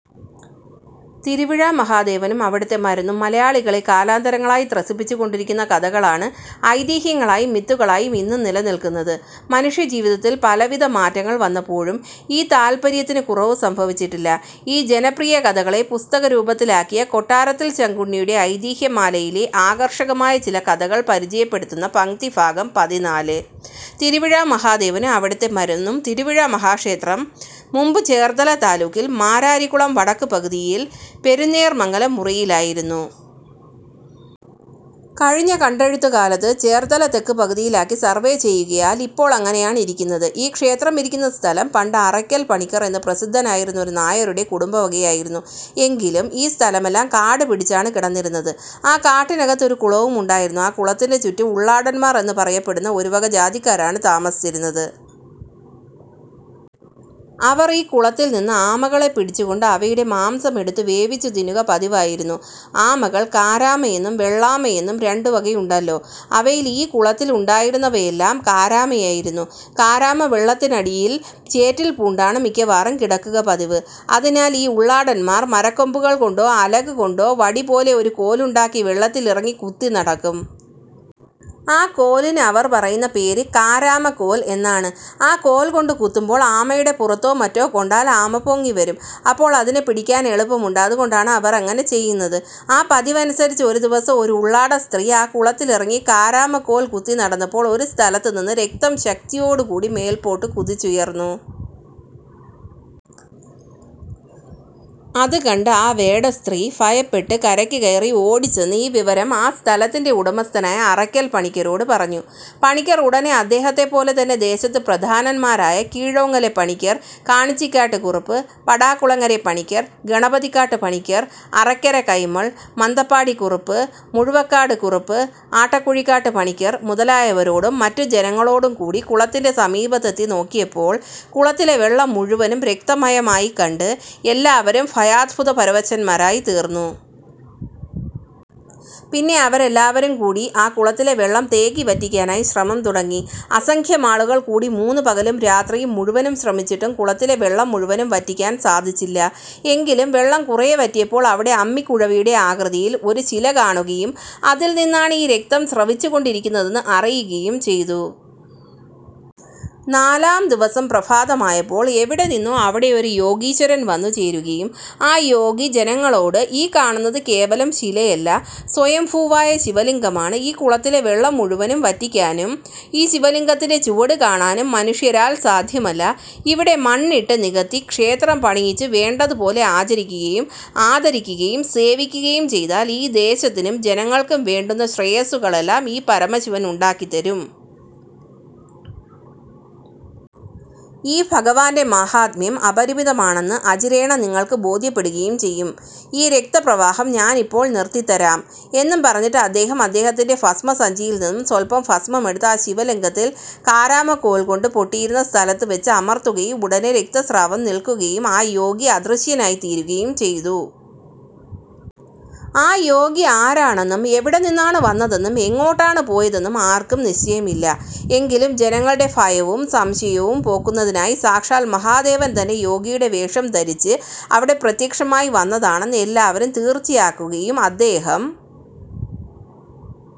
തിരുവിഴാ മഹാദേവനും അവിടത്തെ മരുന്നും മലയാളികളെ കാലാന്തരങ്ങളായി ത്രസിപ്പിച്ചു കൊണ്ടിരിക്കുന്ന കഥകളാണ് ഐതിഹ്യങ്ങളായും മിത്തുകളായും ഇന്നും നിലനിൽക്കുന്നത്. മനുഷ്യജീവിതത്തിൽ പലവിധ മാറ്റങ്ങൾ വന്നപ്പോഴും ഈ താൽപര്യത്തിനു കുറവ് സംഭവിച്ചിട്ടില്ല. ഈ ജനപ്രിയകഥകളെ പുസ്തകരൂപത്തിലാക്കിയ കൊട്ടാരത്തിൽ ശങ്കുണ്ണിയുടെ ഐതിഹ്യമാലയിലെ ആകർഷകമായ ചില കഥകൾ പരിചയപ്പെടുത്തുന്ന പംക്തി ഭാഗം പതിനാല്: തിരുവിഴാ മഹാദേവനും അവിടത്തെ മരുന്നും തിരുവിഴാ മഹാക്ഷേത്രം മുമ്പു ചേർത്തലത്താലൂക്കിൽ മാരാരിക്കുളം വടക്കുപകുതിയിൽ 'പെരുന്നേർമംഗലം' മുറിയിലായിരുന്നു. കഴിഞ്ഞ കണ്ടെഴുത്തുകാലത്തു ചേർത്തല തെക്കുപകുതിയിലാക്കി സർവ്വേ ചെയ്യുകയാൽ ഇപ്പോൾ അങ്ങനെയാണിരിക്കുന്നത്. ഈ ക്ഷേത്രമിരിക്കുന്ന സ്ഥലം പണ്ട് 'അറയ്ക്കൽ പണിക്കര്' എന്നു പ്രസിദ്ധനായിരുന്ന ഒരു നായരുടെ കുടുംബവകയായിരുന്നു. എങ്കിലും ഈ സ്ഥലമെല്ലാം കാടുപിടിച്ചാണു കിടന്നിരുന്നത്. ആ കാട്ടിനകത്ത് ഒരു കുളവുമുണ്ടായിരുന്നു. ആ കുളത്തിന്റെ ചുറ്റും ഉള്ളാടന്മാര് എന്നു പറയപ്പെടുന്ന ഒരുവക ജാതിക്കാരാണു താമസിച്ചിരുന്നത്. അവർ ഈ കുളത്തിൽനിന്ന് ആമകളെ പിടിച്ചുകൊണ്ട് അവയുടെ മാംസമെടുത്തു വേവിച്ചു തിന്നുക പതിവായിരുന്നു. ആമകൾ 'കാരാമ' എന്നും വെള്ളാമ എന്നും രണ്ടു വകയുണ്ടല്ലോ. അവയിൽ ഈ കുളത്തിലുണ്ടായിരുന്നവയെല്ലാം കാരാമയായിരുന്നു. കാരാമ വെള്ളത്തിനടിയിൽ ചേറ്റിൽ പൂണ്ടാണ് മിക്കവാറും കിടക്കുക പതിവ്. അതിനാല് ഈ ഉള്ളാടന്മാർ മരക്കൊമ്പുകൾകൊണ്ടോ അലകുകൊണ്ടോ വടിപോലെ ഒരു കോലുണ്ടാക്കി വെള്ളത്തിലിറങ്ങി കുത്തിനടക്കും. ആ കോലിന് അവർ പറയുന്ന പേര് കാരാമക്കോൽ എന്നാണ്. ആ കോൽകൊണ്ടു കുത്തുമ്പോൾ ആമയുടെ പുറത്തോ മറ്റോ കൊണ്ടാൽ ആമ പൊങ്ങിവരും. അപ്പോൾ അതിനെ പിടിക്കാനെളുപ്പമുണ്ട്. അതുകൊണ്ടാണ് അവർ അങ്ങനെ ചെയ്യുന്നത്. ആ പതിവനുസരിച്ച് ഒരു ദിവസം ഒരു ഉള്ളാടസ്ത്രീ ആ കുളത്തിലിറങ്ങി കാരാമക്കോൽ കുത്തി നടന്നപ്പോൾ ഒരു സ്ഥലത്തുനിന്ന് രക്തം ശക്തിയോടുകൂടി മേൽപ്പോട്ടു കുതിച്ചുയർന്നു. അതുകണ്ട് ആ വേടസ്ത്രീ ഭയപ്പെട്ടു കരയ്ക്കു കയറി ഓടിച്ചെന്ന് ഈ വിവരം ആ സ്ഥലത്തിന്റെ ഉടമസ്ഥനായ അറയ്ക്കൽ പണിക്കരോടു പറഞ്ഞു. പണിക്കർ ഉടനെ അദ്ദേഹത്തെപ്പോലെതന്നെ ദേശത്തു പ്രധാനന്മാരായ കീഴോങ്ങലെ പണിക്കർ, കാണിച്ചിക്കാട്ടുകുറുപ്പ്, പടാകുളങ്ങരെപ്പണിക്കർ, ഗണപതിക്കാട്ടു പണിക്കർ, അറക്കര കൈമൾ, മന്തപ്പാടി കുറുപ്പ്, മുഴുവക്കാട് കുറുപ്പ്, ആട്ടക്കുഴിക്കാട്ടു പണിക്കർ മുതലായവരോടും മറ്റുള്ള ജനങ്ങളോടും കൂടി കുളത്തിന്റെ സമീപത്തെത്തി നോക്കിയപ്പോൾ കുളത്തിലെ വെള്ളം മുഴുവനും രക്തമയമായിക്കണ്ട് എല്ലാവരും ഭയാത്ഭുതപരവശന്മാരായിത്തീർന്നു. പിന്നെ അവരെല്ലാവരുംകൂടി ആ കുളത്തിലെ വെള്ളം തേകി വറ്റിക്കാനായി ശ്രമം തുടങ്ങി. അസംഖ്യമാളുകൾകൂടി മൂന്നു പകലും രാത്രിയും മുഴുവനും ശ്രമിച്ചിട്ടും കുളത്തിലെ വെള്ളം മുഴുവനും വറ്റിക്കാന് സാധിച്ചില്ല. എങ്കിലും വെള്ളം കുറെ വറ്റിയപ്പോൾ അവിടെ അമ്മിക്കുഴവിയുടെ ആകൃതിയിൽ ഒരു ശില കാണുകയും അതിൽനിന്നാണ് ഈ രക്തം സ്രവിച്ചു കൊണ്ടിരിക്കുന്നതെന്ന് അറിയുകയും ചെയ്തു. നാലാം ദിവസം പ്രഭാതമായപ്പോള് എവിടെനിന്നോ അവിടെയൊരു യോഗീശ്വരൻ വന്നുചേരുകയും ആ യോഗി ജനങ്ങളോട് 'ഈ കാണുന്നതു കേവലം ശിലയല്ല. സ്വയംഭൂവായ ശിവലിംഗമാണ്. ഈ കുളത്തിലെ വെള്ളം മുഴുവനും വറ്റിക്കാനും ഈ ശിവലിംഗത്തിന്റെ ചുവടു കാണാനും മനുഷ്യരാൽ സാധ്യമല്ല. ഇവിടെ മണ്ണിട്ടു നികത്തി ക്ഷേത്രം പണിയിച്ചു വേണ്ടതു പോലെ ആചരിക്കുകയും ആദരിക്കുകയും സേവിക്കുകയും ചെയ്താൽ ഈ ദേശത്തിനും ജനങ്ങൾക്കും വേണ്ടുന്ന ശ്രേയസ്സുകളെല്ലാം ഈ പരമശിവനുണ്ടാക്കിത്തരും. ഈ ഭഗവാന്റെ മാഹാത്മ്യം അപരിമിതമാണെന്ന് അചിരേണ നിങ്ങൾക്കു ബോധ്യപ്പെടുകയും ചെയ്യും. ഈ രക്തപ്രവാഹം ഞാനിപ്പോള് നിർത്തിത്തരാം. ' എന്നു പറഞ്ഞിട്ട് അദ്ദേഹം അദ്ദേഹത്തിന്റെ ഭസ്മസഞ്ചിയിൽനിന്നു സ്വൽപം ഭസ്മമെടുത്ത് ആ ശിവലിംഗത്തിൽ കാരാമക്കോൽകൊണ്ടു പൊട്ടിയിരുന്ന സ്ഥലത്തു വെച്ച് അമർത്തുകയും ഉടനെ രക്തസ്രാവം നിൽക്കുകയും ആ യോഗി അദൃശ്യനായിത്തീരുകയും ചെയ്തു. ആ യോഗി ആരാണെന്നും എവിടെനിന്നാണു വന്നതെന്നും എങ്ങോട്ടാണു പോയതെന്നും ആർക്കും നിശ്ചയമില്ല. എങ്കിലും ജനങ്ങളുടെ ഭയവും സംശയവും പോക്കുന്നതിനായി സാക്ഷാൽ മഹാദേവൻ തന്നെ യോഗിയുടെ വേഷം ധരിച്ച് അവിടെ പ്രത്യക്ഷമായി വന്നതാണെന്ന് എല്ലാവരും തീർച്ചയാക്കുകയും അദ്ദേഹം